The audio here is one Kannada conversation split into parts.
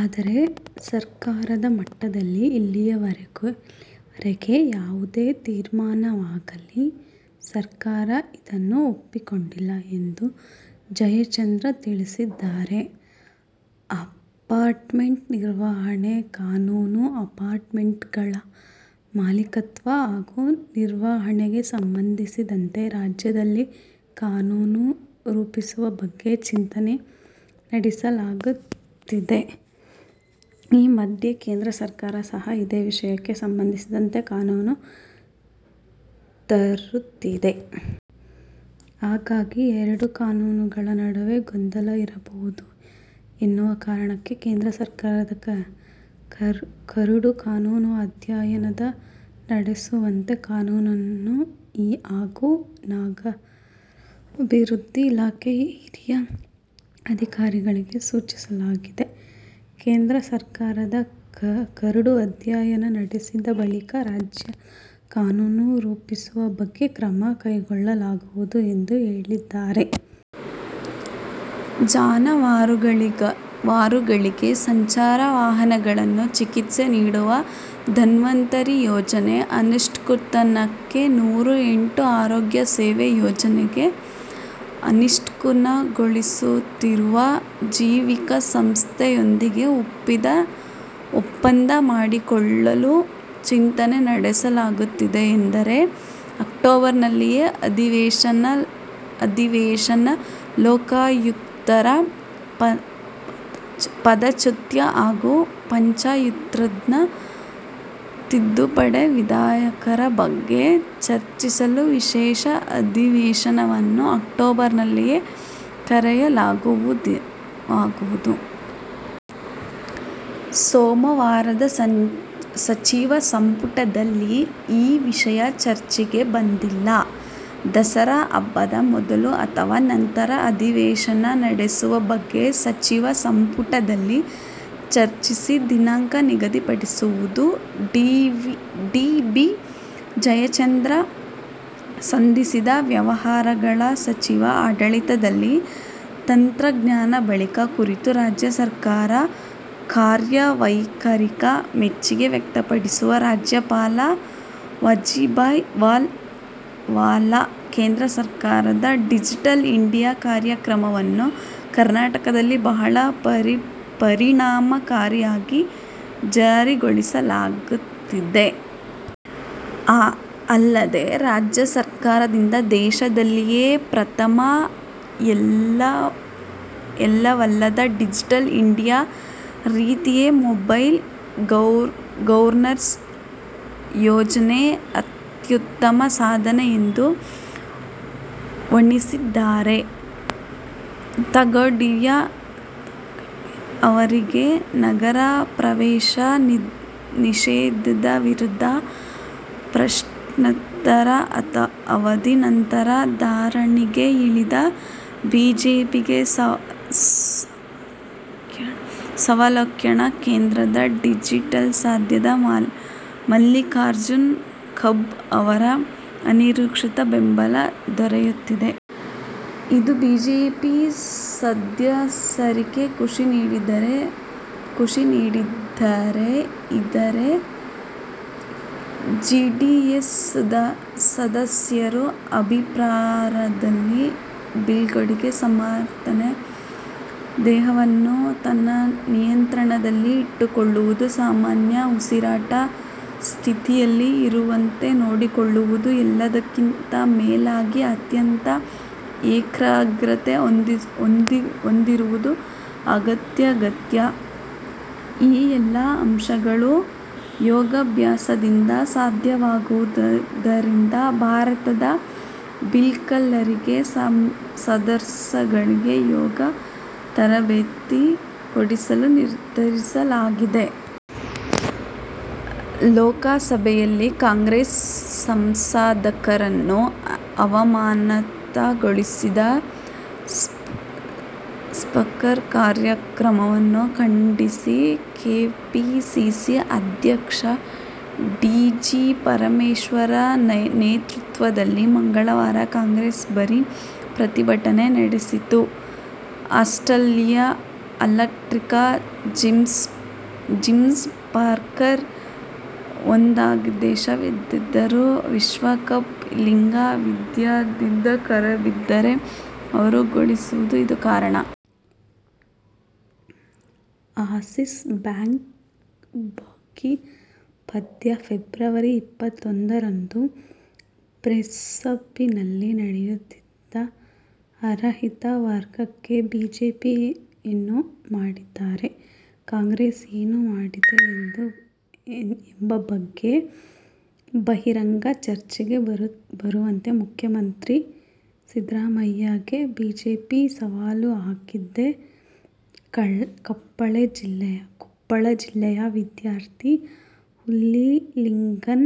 ಆದರೆ, ಸರ್ಕಾರದ ಮಟ್ಟದಲ್ಲಿ ಇಲ್ಲಿವರೆಗೆ ಯಾವುದೇ ತೀರ್ಮಾನವಾಗಿಲ್ಲ. ಸರ್ಕಾರ ಇದನ್ನು ಒಪ್ಪಿಕೊಂಡಿಲ್ಲ ಎಂದು ಜಯಚಂದ್ರ ತಿಳಿಸಿದರು. ಅಪಾರ್ಟ್ಮೆಂಟ್ ನಿರ್ವಹಣೆ ಕಾನೂನು:ಅಪಾರ್ಟ್ಮೆಂಟ್ಗಳ ಮಾಲೀಕತ್ವ ಹಾಗೂ ನಿರ್ವಹಣೆಗೆ ಸಂಬಂಧಿಸಿದಂತೆ ರಾಜ್ಯದಲ್ಲಿ ಕಾನೂನು ರೂಪಿಸುವ ಬಗ್ಗೆ ಚಿಂತನೆ ನಡೆಸಲಾಗಿದೆ. ಈ ಮಧ್ಯೆ ಕೇಂದ್ರ ಸರ್ಕಾರ ಸಹ ಇದೇ ವಿಷಯಕ್ಕೆ ಸಂಬಂಧಿಸಿದಂತೆ ಕಾನೂನು ತರುತ್ತಿದೆ. ಹಾಗಾಗಿ ಎರಡೂ ಕಾನೂನುಗಳ ನಡುವೆ ಗೊಂದಲ ಇರಬಾರದು ಎನ್ನುವ ಕಾರಣಕ್ಕೆ ಕೇಂದ್ರ ಸರ್ಕಾರದ ಕರಡು ಕಾನೂನು ಅಧ್ಯಯನ ನಡೆಸುವಂತೆ ಕಾನೂನು ಹಾಗೂ ನಗರಾಭಿವೃದ್ಧಿ ಇಲಾಖೆ ಹಿರಿಯ ಅಧಿಕಾರಿಗಳಿಗೆ ಸೂಚಿಸಲಾಗಿದೆ. ಕೇಂದ್ರ ಸರ್ಕಾರದ ಕರಡು ಅಧ್ಯಯನ ನಡೆಸಿದ ಬಳಿಕ ರಾಜ್ಯದ ಕಾನೂನು ರೂಪಿಸುವ ಬಗ್ಗೆ ಕ್ರಮ ಕೈಗೊಳ್ಳಲಾಗುವುದು ಎಂದು ಹೇಳಿದರು. ಜಾನುವಾರುಗಳಿಗೆ ಸಂಚಾರಿ ವಾಹನಗಳಲ್ಲಿ ಚಿಕಿತ್ಸೆ ನೀಡುವ "ಧನ್ವಂತರಿ' ಯೋಜನೆ ಅನುಷ್ಠಾನಕ್ಕೆ ನೂರ ಎಂಟು ಆರೋಗ್ಯ ಸೇವೆ ಯೋಜನೆ ಅನುಷ್ಠಾನಗೊಳಿಸುತ್ತಿರುವ ಜಿವಿಕೆ ಸಂಸ್ಥೆಯೊಂದಿಗೆ ಒಪ್ಪಂದ ಮಾಡಿಕೊಳ್ಳಲು ಚಿಂತನೆ ನಡೆಸಲಾಗುತ್ತಿದೆ ಎಂದರು. ಅಕ್ಟೋಬರ್ನಲ್ಲೇ ಅಧಿವೇಶನಲೋಕಾಯುಕ್ತರ ಪದಚ್ಯುತಿ ಹಾಗೂ ಪಂಚಾಯತ್ರಾಜ್ ತಿದ್ದುಪಡಿ ವಿಧೇಯಕದ ಬಗ್ಗೆ ಚರ್ಚಿಸಲು ವಿಶೇಷ ಅಧಿವೇಶನವನ್ನು ಅಕ್ಟೋಬರ್ನಲ್ಲೇ ಕರೆಯಲಾಗುವುದು. ಸೋಮವಾರದ ಸಚಿವ ಸಂಪುಟದಲ್ಲಿ ಈ ವಿಷಯ ಚರ್ಚೆಗೆ ಬಂದಿಲ್ಲ. ದಸರಾ ಹಬ್ಬದ ಮೊದಲು ಅಥವಾ ನಂತರ ಅಧಿವೇಶನ ನಡೆಸುವ ಬಗ್ಗೆ ಸಚಿವ ಸಂಪುಟದಲ್ಲಿ ಚರ್ಚಿಸಿ ದಿನಾಂಕ ನಿಗದಿಪಡಿಸಲಾಗುವುದು. ಟಿ. ಬಿ. ಜಯಚಂದ್ರ, ಸಂಸದೀಯ ವ್ಯವಹಾರಗಳ ಸಚಿವ ಆಡಳಿತದಲ್ಲಿ ತಂತ್ರಜ್ಞಾನ ಬಳಕೆ ಕುರಿತಂತೆ ರಾಜ್ಯ ಸರಕಾರದ ಕಾರ್ಯವೈಖರಿಗೆ ಮೆಚ್ಚುಗೆ ವ್ಯಕ್ತಪಡಿಸಿರುವ ರಾಜ್ಯಪಾಲ ವಜುಭಾಯಿ ವಾಲಾ, ಕೇಂದ್ರ ಸರಕಾರದ ಡಿಜಿಟಲ್ ಇಂಡಿಯಾ' ಕಾರ್ಯಕ್ರಮವನ್ನು ಕರ್ನಾಟಕದಲ್ಲಿ ಬಹಳ ಪರಿಣಾಮಕಾರಿಯಾಗಿ ಜಾರಿಗೊಳಿಸಲಾಗುತ್ತಿದೆ. ಅಲ್ಲದೆ, ರಾಜ್ಯ ಸರಕಾರದಿಂದ ದೇಶದಲ್ಲೇ ಪ್ರಥಮ ಎನ್ನಲಾದ ಡಿಜಿಟಲ್ ಇಂಡಿಯಾ ರೀತಿಯ ಮೊಬೈಲ್ ಗವರ್ನನ್ಸ್' ಯೋಜನೆ ಅತ್ಯುತ್ತಮ ಸಾಧನೆ ಎಂದು ಬಣ್ಣಿಸಿದ್ದಾರೆ. ತೊಗಾಡಿಯಾ ಅವರಿಗೆ ನಗರ ಪ್ರವೇಶ ನಿಷೇಧದ ವಿರುದ್ಧ ಪ್ರಶ್ನೋತ್ತರ ಅವಧಿ ನಂತರ ಧರಣಿಗೆ ಇಳಿದ ಬಿಜೆಪಿಗೆ ಬಸವಕಲ್ಯಾಣ ಕ್ಷೇತ್ರದ ಜೆಡಿಎಸ್ ಸದಸ್ಯ ಮಲ್ಲಿಕಾರ್ಜುನ ಖೂಬಾ ಅವರ ಅನಿರೀಕ್ಷಿತ ಬೆಂಬಲ ದೊರೆಯಿತು. ಇದು ಬಿಜೆಪಿ ಸದಸ್ಯರಿಗೆ ಖುಷಿ ನೀಡಿದರೆ, ಇತರೆ, ಜೆಡಿಎಸ್ನ ಸದಸ್ಯರು ಅಪ್ರತಿಭರಾದರು. ಬಿಲ್ಗಾರಿಕೆ ಸ್ಪರ್ಧೆಯಲ್ಲಿ ಸ್ಪರ್ಧಾಳುವೊಬ್ಬ ದೇಹವನ್ನು ತನ್ನ ನಿಯಂತ್ರಣದಲ್ಲಿ ಇಟ್ಟುಕೊಳ್ಳುವುದು, ಸಾಮಾನ್ಯ ಉಸಿರಾಟದ ಸ್ಥಿತಿಯಲ್ಲಿ ಇರುವಂತೆ ನೋಡಿಕೊಳ್ಳುವುದು ಎಲ್ಲದಕ್ಕಿಂತ ಮೇಲಾಗಿ ಅತ್ಯಂತ ಏಕಾಗ್ರತೆ ಹೊಂದಿರುವುದು ಅತ್ಯಗತ್ಯ. ಈ ಎಲ್ಲಾ ಅಂಶಗಳು ಯೋಗಾಭ್ಯಾಸದಿಂದ ಸಾಧ್ಯವಾಗುವುದರಿಂದ, ಭಾರತೀಯ ಬಿಲ್ಗಾರಿಕೆ ಸ್ಪರ್ಧಾಗಳುಗಳಿಗೆ ಯೋಗ ತರಬೇತಿ ಕೊಡಿಸಲು ನಿರ್ಧರಿಸಲಾಗಿದೆ. ಲೋಕಸಭೆಯಲ್ಲಿ ಕಾಂಗ್ರೆಸ್ ಸಂಸದರನ್ನು ಅಮಾನತು ಗೊಳಿಸಿದ ಸ್ಪೀಕರ್ ಕ್ರಮವನ್ನು ಖಂಡಿಸಿ ಕೆಪಿಸಿಸಿ ಅಧ್ಯಕ್ಷ ಡಾ. ಜಿ. ಪರಮೇಶ್ವರ್ ನೇತೃತ್ವದಲ್ಲಿ ಮಂಗಳವಾರ ಕಾಂಗ್ರೆಸ್ ಭಾರಿ ಪ್ರತಿಭಟನೆ ನಡೆಸಿತು. ಆಸ್ಟ್ರೇಲಿಯದ ಆಲ್ರೌಂಡರ್ ಜೇಮ್ಸ್ ಫಾಕ್ನರ್ ಬಾಂಗ್ಲಾದೇಶ ವಿರುದ್ಧದ ವಿಶ್ವಕಪ್ ಲೀಗ್ ಪಂದ್ಯದಿಂದ ಹೊರಬಿದ್ದಿದ್ದಾರೆ. ಅವರು ಗಾಯಾಳಾಗಿರುವುದೇ ಇದಕ್ಕೆ ಕಾರಣ. ಆಸೀಸ್-ಬಾಂಗ್ಲಾ ಪಂದ್ಯ ಫೆಬ್ರವರಿ ಇಪ್ಪತ್ತೊಂದರಂದು ಬ್ರಿಸ್ಬೇನ್ನಲ್ಲಿ ನಡೆಯಲಿದೆ. ಅಹಿಂದ ವರ್ಗಕ್ಕೆ ಬಿಜೆಪಿ ಏನು ಮಾಡಿದೆ, ಕಾಂಗ್ರೆಸ್ ಏನು ಮಾಡಿದೆ ಎಂಬ ಬಗ್ಗೆ ಬಹಿರಂಗ ಚರ್ಚೆಗೆ ಬರುವಂತೆ ಮುಖ್ಯಮಂತ್ರಿ ಸಿದ್ದರಾಮಯ್ಯ ಗೆ ಬಿಜೆಪಿ ಸವಾಲು ಹಾಕಿದೆ. ಕೊಪ್ಪಳ ಜಿಲ್ಲೆಯ ವಿದ್ಯಾರ್ಥಿ ಯಲ್ಲಾಲಿಂಗನ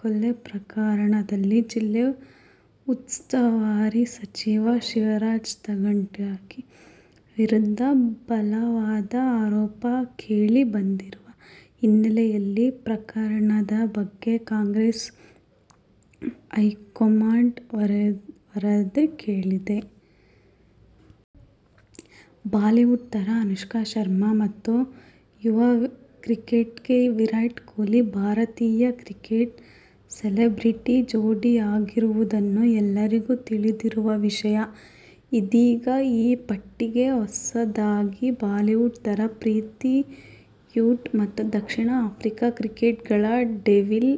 ಕೊಲೆ ಪ್ರಕರಣದಲ್ಲಿ ಜಿಲ್ಲಾ ಉಸ್ತುವಾರಿ ಸಚಿವ ಶಿವರಾಜ್ ತಂಗಡಗಿ ವಿರುದ್ಧ ಬಲ ವಾದ ಆರೋಪ ಕೇಳಿ ಬಂದಿರುವ ಹಿನ್ನೆಲೆಯಲ್ಲಿ ಪ್ರಕರಣದ ಬಗ್ಗೆ ಕಾಂಗ್ರೆಸ್ ಹೈಕಮಾಂಡ್ ವರದಿ ಕೇಳಿದೆ. ಬಾಲಿವುಡ್ ತಾರೆ ಅನುಷ್ಕಾ ಶರ್ಮಾ ಮತ್ತು ಯುವ ಕ್ರಿಕೆಟಿಗ ವಿರಾಟ್ ಕೊಹ್ಲಿ ಭಾರತೀಯ ಕ್ರಿಕೆಟ್ ಸೆಲೆಬ್ರಿಟಿ ಜೋಡಿಯಾಗಿರುವುದು ಎಲ್ಲರಿಗೂ ತಿಳಿದಿರುವ ವಿಷಯ. ಇದೀಗ ಈ ಪಟ್ಟಿಗೆ ಹೊಸದಾಗಿ ಬಾಲಿವುಡ್ ತಾರೆ ಪ್ರೀತಿ ಝಿಂಟಾ ಮತ್ತು ದಕ್ಷಿಣ ಆಫ್ರಿಕ ಕ್ರಿಕೆಟಿಗ ಡೇವಿಡ್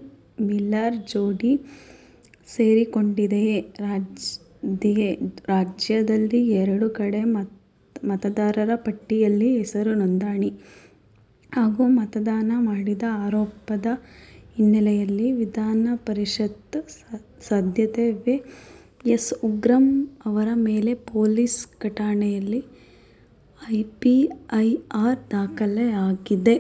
ಮಿಲ್ಲರ್ ಜೋಡಿ ಸೇರಿಕೊಂಡಿದೆಯೇ. ರಾಜ್ಯದಲ್ಲಿ ಎರಡು ಕಡೆ ಮತದಾರರ ಪಟ್ಟಿಯಲ್ಲಿ ಹೆಸರು ನೋಂದಣಿ ಹಾಗೂ ಮತದಾನ ಮಾಡಿದ ಆರೋಪದ ಹಿನ್ನೆಲೆಯಲ್ಲಿ ವಿಧಾನಪರಿಷತ್ ಸದಸ್ಯ ವಿ. ಎಸ್. ಉಗ್ರಪ್ಪ ಅವರ ಮೇಲೆ ಪೊಲೀಸ್ ಠಾಣೆಯಲ್ಲಿ ಎಫ್ಐಆರ್ ದಾಖಲಾಗಿದೆ.